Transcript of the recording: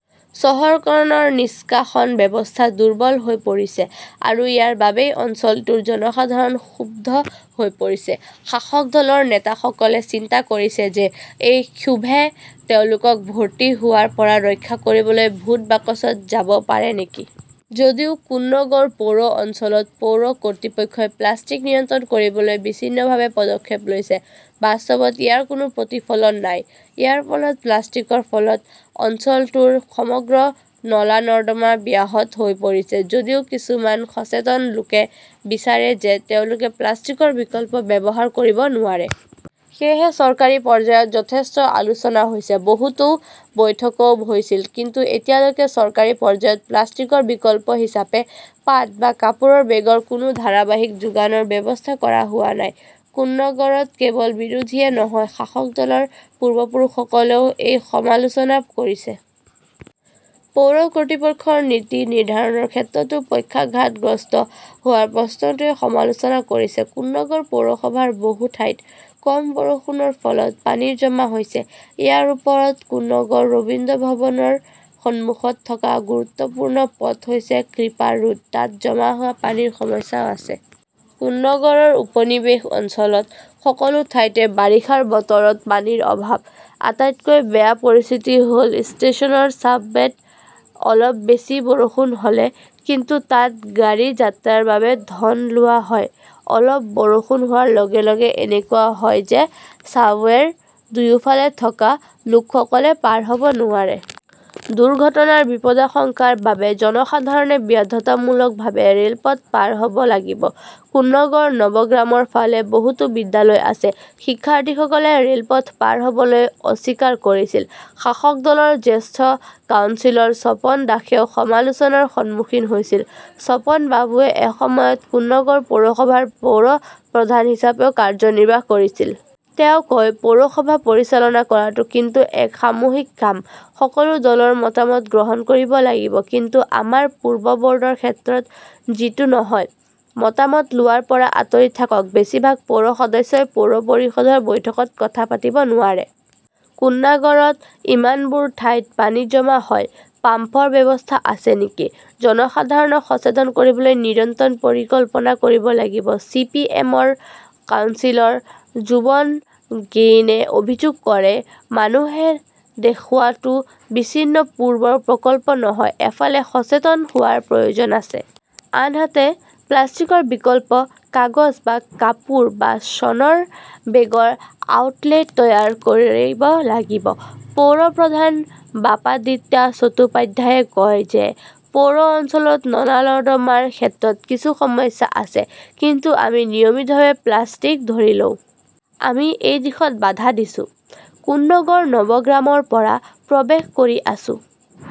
চহৰখনৰ নিষ্কাশন ব্যৱস্থা দুৰ্বল হৈ পৰিছে আৰু ইয়াৰ বাবেই অঞ্চলটোৰ জনসাধাৰণ ক্ষুব্ধ হৈ পৰিছে। শাসক দলৰ নেতাসকলে চিন্তা কৰিছে যে এই ক্ষোভে তেওঁলোকক ভৰ্তি হোৱাৰ পৰা ৰক্ষা কৰিবলৈ ভোট বাকচত যাব পাৰে নেকি? যদিও কোন্নগৰ পৌৰ অঞ্চলত পৌৰ কৰ্তৃপক্ষই প্লাষ্টিক নিয়ন্ত্ৰণ কৰিবলৈ বিচ্ছিন্নভাৱে পদক্ষেপ লৈছে, বাস্তৱত ইয়াৰ কোনো প্ৰতিফলন নাই। ইয়াৰ ফলত প্লাষ্টিকৰ ফলত অঞ্চলটোৰ সমগ্ৰ নলা-নৰ্দমা ব্যাহত হৈ পৰিছে। যদিও কিছুমান সচেতন লোকে বিচাৰে যে তেওঁলোকে প্লাষ্টিকৰ বিকল্প ব্যৱহাৰ কৰিব নোৱাৰে। সেয়েহে চৰকাৰী পৰ্যায়ত যথেষ্ট আলোচনা হৈছে। বহুতো বৈঠকও হৈছিল। কিন্তু এতিয়ালৈকে চৰকাৰী পৰ্যায়ত প্লাষ্টিকৰ বিকল্প হিচাপে পাট বা কাপোৰৰ বেগৰ কোনো ধাৰাবাহিক যোগানৰ ব্যৱস্থা কৰা হোৱা নাই। কোন্নগৰত কেৱল বিৰোধীয়ে নহয়, শাসক দলৰ পূৰ্বপুৰুষসকলেও এই সমালোচনা কৰিছে। পৌৰ কৰ্তৃপক্ষৰ নীতি নিৰ্ধাৰণৰ ক্ষেত্ৰতো পক্ষাঘাতগ্ৰস্ত হোৱাৰ প্ৰশ্নটোৱে সমালোচনা কৰিছে। কোন্নগৰ পৌৰসভাৰ বহু ঠাইত কম বৰষুণৰ ফলত পানী জমা হৈছে। ইয়াৰ ওপৰত কোন্নগৰ ৰবীন্দ্ৰভবনৰ সন্মুখত থকা গুৰুত্বপূৰ্ণ পথ হৈছে ক্ৰিপাৰ ৰোড। তাত জমা হোৱা পানীৰ সমস্যাও আছে। কোন্নগৰৰ উপনিবেশ অঞ্চল ত সকলো ঠাইতে বাৰিষাৰ বতৰত পানীৰ অভাৱ। আটাইতকৈ বেয়া পৰিস্থিতি হ'ল ষ্টেচনৰ ছাবৱেত অলপ বেছি বৰষুণ হ'লে, কিন্তু তাত গাড়ী যাত্ৰাৰ বাবে ধন লোৱা হয়। অলপ বৰষুণ হোৱাৰ লগে -লগে এনেকুৱা হয় যে চাবৱেৰ দুয়োফালে থকা লোকসকলে পাৰ হ'ব নোৱাৰে। দুৰ্ঘটনাৰ বিপদাশংকাৰ বাবে জনসাধাৰণে বাধ্যতামূলকভাৱে ৰে'লপথ পাৰ হ'ব লাগিব। কোন্নগৰ নৱগ্ৰামৰ ফালে বহুতো বিদ্যালয় আছে। শিক্ষাৰ্থীসকলে ৰে'লপথ পাৰ হ'বলৈ অস্বীকাৰ কৰিছিল। শাসক দলৰ জ্যেষ্ঠ কাউন্সিলৰ স্বপন দাসেও সমালোচনাৰ সন্মুখীন হৈছিল। স্বপনবাবুৱে এসময়ত কোন্নগৰ পৌৰসভাৰ পৌৰ প্ৰধান হিচাপেও কাৰ্যনিৰ্বাহ কৰিছিল। তেওঁ কয়, পৌৰসভা পৰিচালনা কৰাটো কিন্তু এক সামূহিক কাম, সকলো দলৰ মতামত গ্ৰহণ কৰিব লাগিব। কিন্তু আমাৰ পূৰ্ববৰ্ডৰ ক্ষেত্ৰত যিটো নহয়। মতামত লোৱাৰ পৰা আঁতৰি থাকক বেছিভাগ পৌৰ সদস্যই পৌৰ পৰিষদৰ বৈঠকত কথা পাতিব নোৱাৰে। কুন্নাগৰত ইমানবোৰ ঠাইত পানী জমা হয় পাম্পৰ ব্যৱস্থা আছে নেকি? জনসাধাৰণক সচেতন কৰিবলৈ নিৰন্তৰ পৰিকল্পনা কৰিব লাগিব। চি. পি. এম. -ৰ কাউন্সিলৰ যুৱন গেইনে অভিযোগ কৰে মানুহে দেখুওৱাটো বিচ্ছিন্ন পূৰ্বৰ প্ৰকল্প নহয়, এফালে সচেতন হোৱাৰ প্ৰয়োজন আছে। আনহাতে, প্লাষ্টিকৰ বিকল্প কাগজ বা কাপোৰ বা শণৰ বেগৰ আউটলেট তৈয়াৰ কৰিব লাগিব। পৌৰ প্ৰধান বাপাদিত্যা চট্টোপাধ্যাইয়ে কয় যে পৌৰ অঞ্চলত নলা-নৰ্দমাৰ ক্ষেত্ৰত কিছু সমস্যা আছে । কিন্তু আমি নিয়মিতভাৱে প্লাষ্টিক ধৰি লওঁ। আমি এই দিশত বাধা দিছোঁ, কোন্নগৰ নৱগ্ৰামৰ পৰা প্ৰৱেশ কৰি আছোঁ।